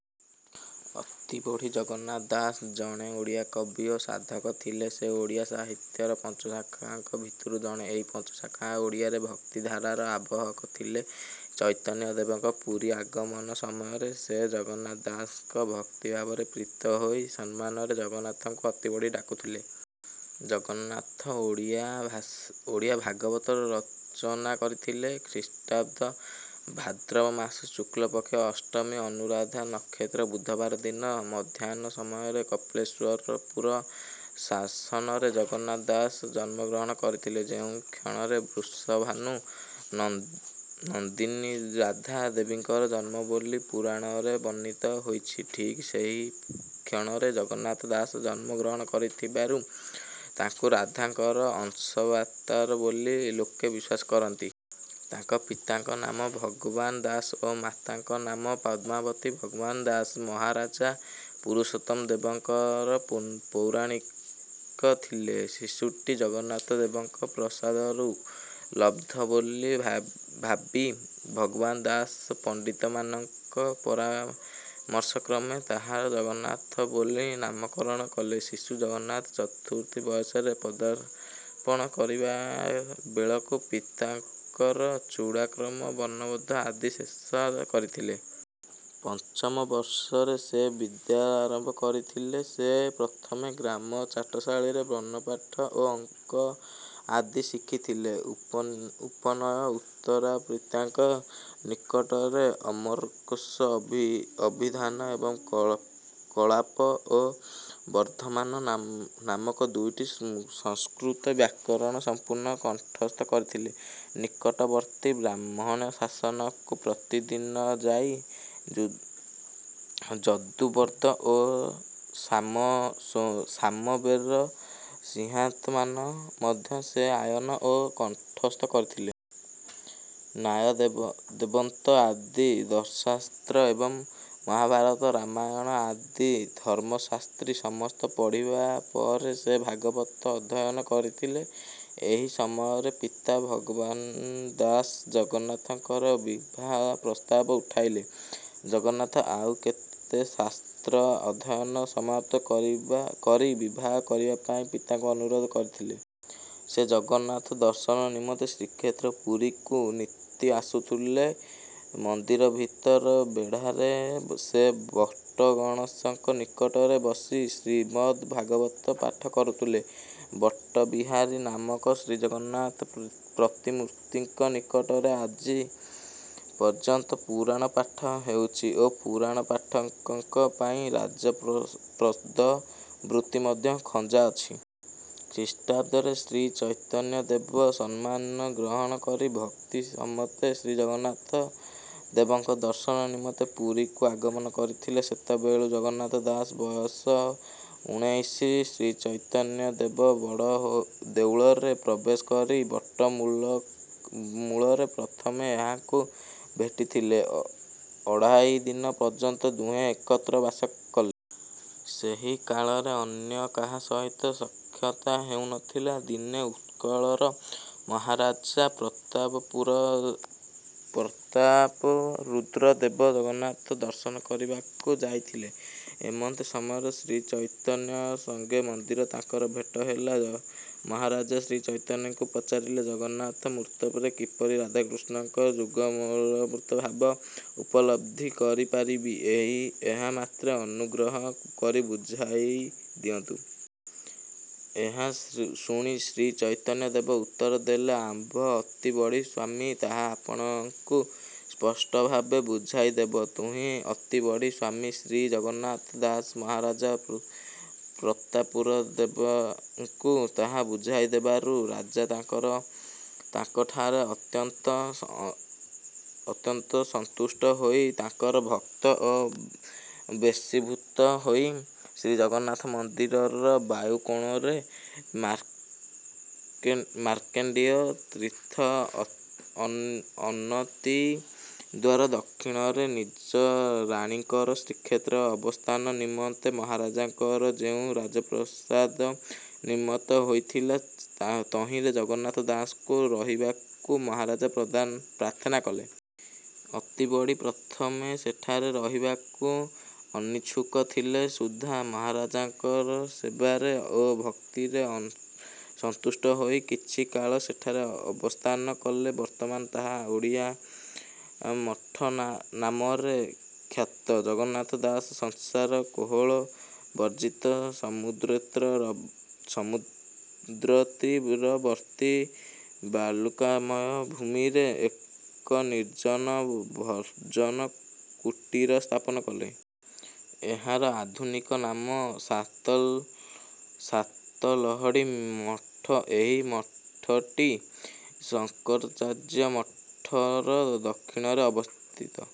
ଅତିବଡ଼ି ଜଗନ୍ନାଥ ଦାସ ଜଣେ ଓଡ଼ିଆ କବି ଓ ସାଧକ ଥିଲେ। ସେ ଓଡ଼ିଆ ସାହିତ୍ୟର ପଞ୍ଚସଖାଙ୍କ ଭିତରୁ ଜଣେ। ଏହି ପଞ୍ଚସଖା ଓଡ଼ିଶାରେ "ଭକ୍ତି" ଧାରାର ଆବାହକ ଥିଲେ। ଚୈତନ୍ୟ ଦେବଙ୍କ ପୁରୀ ଆଗମନ ସମୟରେ ସେ ଜଗନ୍ନାଥ ଦାସଙ୍କ ଭକ୍ତିଭାବରେ ପ୍ରୀତ ହୋଇ ସମ୍ମାନରେ ଜଗନ୍ନାଥଙ୍କୁ "ଅତିବଡ଼ି" ଡାକୁଥିଲେ। ଜଗନ୍ନାଥ ଓଡ଼ିଆ ଭାଗବତର ରଚନା କରିଥିଲେ। ଖ୍ରୀଷ୍ଟାଦ୍ଦ ଭାଦ୍ରବମାସ ଶୁକ୍ଳପକ୍ଷ ଅଷ୍ଟମୀ ଅନୁରାଧା ନକ୍ଷତ୍ର ବୁଧବାର ଦିନ ମଧ୍ୟାହ୍ନ ସମୟରେ କପିଳେଶ୍ୱରପୁର ଶାସନରେ ଜଗନ୍ନାଥ ଦାସ ଜନ୍ମଗ୍ରହଣ କରିଥିଲେ। ଯେଉଁ କ୍ଷଣରେ ବୃଷଭାନୁ ନନ୍ଦିନୀ ରାଧା ଦେବୀଙ୍କର ଜନ୍ମ ବୋଲି ପୁରାଣରେ ବର୍ଣ୍ଣିତ ହୋଇଛି, ଠିକ ସେହିକ୍ଷଣରେ ଜଗନ୍ନାଥ ଦାସ ଜନ୍ମଗ୍ରହଣ କରିଥିବାରୁ ତାଙ୍କୁ ରାଧାଙ୍କର ଅଂଶାବତାର ବୋଲି ଲୋକେ ବିଶ୍ୱାସ କରନ୍ତି। ତାଙ୍କ ପିତାଙ୍କ ନାମ ଭଗବାନ ଦାସ ଓ ମାତାଙ୍କ ନାମ ପଦ୍ମାବତୀ। ଭଗବାନ ଦାଶ ମହାରାଜା ପୁରୁଷୋତ୍ତମ ଦେବଙ୍କର ପୌରାଣିକ ଥିଲେ। ଶିଶୁଟି ଜଗନ୍ନାଥ ଦେବଙ୍କ ପ୍ରସାଦରୁ ଲବ୍ଧ ବୋଲି ଭାବି ଭଗବାନ ଦାସ ପଣ୍ଡିତମାନଙ୍କ ପରାମର୍ଶକ୍ରମେ ତାହାର ଜଗନ୍ନାଥ ବୋଲି ନାମକରଣ କଲେ। ଶିଶୁ ଜଗନ୍ନାଥ ଚତୁର୍ଥ ବୟସରେ ପଦାର୍ପଣ କରିବା ବେଳକୁ ପିତା ତାଙ୍କର ଚୂଡ଼ାକର୍ମ, ବଣ୍ଣବୋଧ ଆଦି ଶେଷ କରିଥିଲେ। ପଞ୍ଚମ ବର୍ଷରେ ସେ ବିଦ୍ୟାରମ୍ଭ କରିଥିଲେ। ସେ ପ୍ରଥମେ ଗ୍ରାମ ଚାଟଶାଳୀରେ ବର୍ଣ୍ଣପାଠ ଓ ଅଙ୍କ ଆଦି ଶିଖିଥିଲେ। ଉପନୟନ ଉତ୍ତାରେ ପିତାଙ୍କ ନିକଟରେ ଅମରକୋଷ, ଅଭିଧାନ ଏବଂ କଳାପ ଓ ବର୍ଦ୍ଧମାନ ନାମକ ଦୁଇଟି ସଂସ୍କୃତ ବ୍ୟାକରଣ ସମ୍ପୂର୍ଣ୍ଣ କଣ୍ଠସ୍ଥ କରିଥିଲେ। ନିକଟବର୍ତ୍ତୀ ବ୍ରାହ୍ମଣ ଶାସନକୁ ପ୍ରତିଦିନ ଯାଇ ଯଜୁର୍ବେଦ ଓ ସାମବେଦର ସଂହିତାମାନ ମଧ୍ୟ ସେ ଅଧ୍ୟୟନ ଓ କଣ୍ଠସ୍ଥ କରିଥିଲେ। ନ୍ୟାୟ ବେଦାନ୍ତ ଆଦି ଦର୍ଶନଶାସ୍ତ୍ର ଏବଂ ମହାଭାରତ ରାମାୟଣ ଆଦି ଧର୍ମଶାସ୍ତ୍ର ସମସ୍ତ ପଢ଼ିବା ପରେ ସେ ଭାଗବତ ଅଧ୍ୟୟନ କରିଥିଲେ। ଏହି ସମୟରେ ପିତା ଭଗବାନ ଦାସ ଜଗନ୍ନାଥଙ୍କର ବିବାହ ପ୍ରସ୍ତାବ ଉଠାଇଲେ। ଜଗନ୍ନାଥ ଆଉ କେତେକ ଶାସ୍ତ୍ରର ଅଧ୍ୟୟନ ସମାପ୍ତ କରି ବିବାହ କରିବା ପାଇଁ ପିତାଙ୍କୁ ଅନୁରୋଧ କରିଥିଲେ। ସେ ଜଗନ୍ନାଥ ଦର୍ଶନ ନିମନ୍ତେ ଶ୍ରୀକ୍ଷେତ୍ର ପୁରୀକୁ ନିତି ଆସୁଥିଲେ। ମନ୍ଦିର ଭିତର ବେଢ଼ାରେ ସେ ବଟଗଣେଶଙ୍କ ନିକଟରେ ବସି ଶ୍ରୀମଦ୍ ଦ୍ଭାଗବତ ପାଠ କରୁଥିଲେ। ବଟବିହାରୀ ନାମକ ଶ୍ରୀଜଗନ୍ନାଥଙ୍କ ପ୍ରତିମୂର୍ତ୍ତିଙ୍କ ନିକଟରେ ଆଜି ପର୍ଯ୍ୟନ୍ତ ପୁରାଣ ପାଠ ହେଉଅଛି ଓ ପୁରାଣ ପାଠକଙ୍କ ପାଇଁ ରାଜପ୍ରଦତ୍ତ ବୃତ୍ତି ମଧ୍ୟ ଖଞ୍ଜା ଅଛି। ଖ୍ରୀଷ୍ଟାଦ୍ଦରେ ଶ୍ରୀ ଚୈତନ୍ୟଦେବ ସନ୍ନ୍ୟାସ ଗ୍ରହଣ କରି ଭକ୍ତି ସମେତ ଶ୍ରୀଜଗନ୍ନାଥ ଦେବଙ୍କ ଦର୍ଶନ ନିମନ୍ତେ ପୁରୀକୁ ଆଗମନ କରିଥିଲେ। ସେତେବେଳକୁ ଜଗନ୍ନାଥ ଦାସଙ୍କ ବୟସ ଉଣେଇଶ। ଶ୍ରୀଚୈତନ୍ୟ ଦେବ ବଡ଼ଦେଉଳରେ ପ୍ରବେଶ କରି ବଟ ମୂଳରେ ପ୍ରଥମେ ଏହାଙ୍କୁ ଭେଟିଥିଲେ। ଅଢ଼ାଇ ଦିନ ପର୍ଯ୍ୟନ୍ତ ଦୁହେଁ ଏକତ୍ର ବାସ କଲେ। ସେହି କାଳରେ ଅନ୍ୟ କାହା ସହିତ ସାକ୍ଷାତ ହେଉନଥିଲା। ଦିନେ ଉତ୍କଳର ମହାରାଜା ପ୍ରତାପରୁଦ୍ର ଦେବ ଜଗନ୍ନାଥ ଦର୍ଶନ କରିବାକୁ ଯାଇଥିଲେ, ଏମନ୍ତ ସମୟରେ ଶ୍ରୀଚୈତନ୍ୟଙ୍କ ସଙ୍ଗେ ମନ୍ଦିରରେ ତାଙ୍କର ଭେଟ ହେଲା, ମହାରାଜ ଶ୍ରୀଚୈତନଙ୍କୁ ପଚାରିଲେ, "ଜଗନ୍ନାଥ ମୂର୍ତ୍ତିରେ କିପରି ରାଧାକୃଷ୍ଣଙ୍କର ଯୁଗଳମୂର୍ତ୍ତି ଭାବ ଉପଲବ୍ଧି କରି ପାରିବି, ଏହା ମୋତେ ଅନୁଗ୍ରହ କରି ବୁଝାଇ ଦିଅନ୍ତୁ"। ଏହା ଶୁଣି ଶ୍ରୀଚୈତନ୍ୟ ଦେବ ଉତ୍ତର ଦେଲେ 'ଆମ୍ଭ ଅତିବଡ଼ି ସ୍ୱାମୀ ତାହା ଆପଣଙ୍କୁ ସ୍ପଷ୍ଟଭାବେ ବୁଝାଇ ଦେବେ"। ତହୁଁ ଅତିବଡ଼ି ସ୍ୱାମୀ ଶ୍ରୀ ଜଗନ୍ନାଥ ଦାସ ମହାରାଜ ପ୍ରତାପରୁଦ୍ର ଦେବଙ୍କୁ ତାହା ବୁଝାଇ ଦେବାରୁ ରାଜା ତାଙ୍କଠାରେ ଅତ୍ୟନ୍ତ ସନ୍ତୁଷ୍ଟ ହୋଇ ତାଙ୍କର ଭକ୍ତ ଓ ବଶୀଭୂତ ହେଲେ ଶ୍ରୀ ଜଗନ୍ନାଥ ମନ୍ଦିରର ବାୟୁ କୋଣରେ ମାର୍କଣ୍ଡେୟ ତୀର୍ଥର ଅନତିଦୂର ଦକ୍ଷିଣରେ ନିଜ ରାଣୀଙ୍କର ଶ୍ରୀକ୍ଷେତ୍ରରେ ଅବସ୍ଥାନ ନିମନ୍ତେ ମହାରାଜାଙ୍କର ଯେଉଁ ରାଜପ୍ରସାଦ ନିର୍ମିତ ହୋଇଥିଲା, ତହିଁରେ ଜଗନ୍ନାଥ ଦାସଙ୍କୁ ରହିବାକୁ ମହାରାଜ ପ୍ରାର୍ଥନା କଲେ। ଅତିବଡ଼ି ପ୍ରଥମେ ସେଠାରେ ରହିବାକୁ ଅନିଚ୍ଛୁକ ଥିଲେ ସୁଦ୍ଧା ମହରାଜଙ୍କର ସେବାରେ ଓ ଭକ୍ତିରେ ସନ୍ତୁଷ୍ଟ ହୋଇ କିଛି କାଳ ସେଠାରେ ଅବସ୍ଥାନ କଲେ ବର୍ତ୍ତମାନ ତାହା ଓଡ଼ିଆମଠ ନାମରେ ଖ୍ୟାତ। ଜଗନ୍ନାଥ ଦାସ ସଂସାର କୋଳାହଳ ବର୍ଜ୍ଜିତ ସମୁଦ୍ରତୀରବର୍ତ୍ତୀ ବାଲୁକାମୟ ଭୂମିରେ ଏକ ନିର୍ଜନ ଭଜନ କୁଟୀର ସ୍ଥାପନ କଲେ। ଏହାର ଆଧୁନିକ ନାମ ସାତଲହଡ଼ି ମଠ। ଏହି ମଠଟି ଶଙ୍କରାଚାର୍ଯ୍ୟ ମଠର ଦକ୍ଷିଣରେ ଅବସ୍ଥିତ।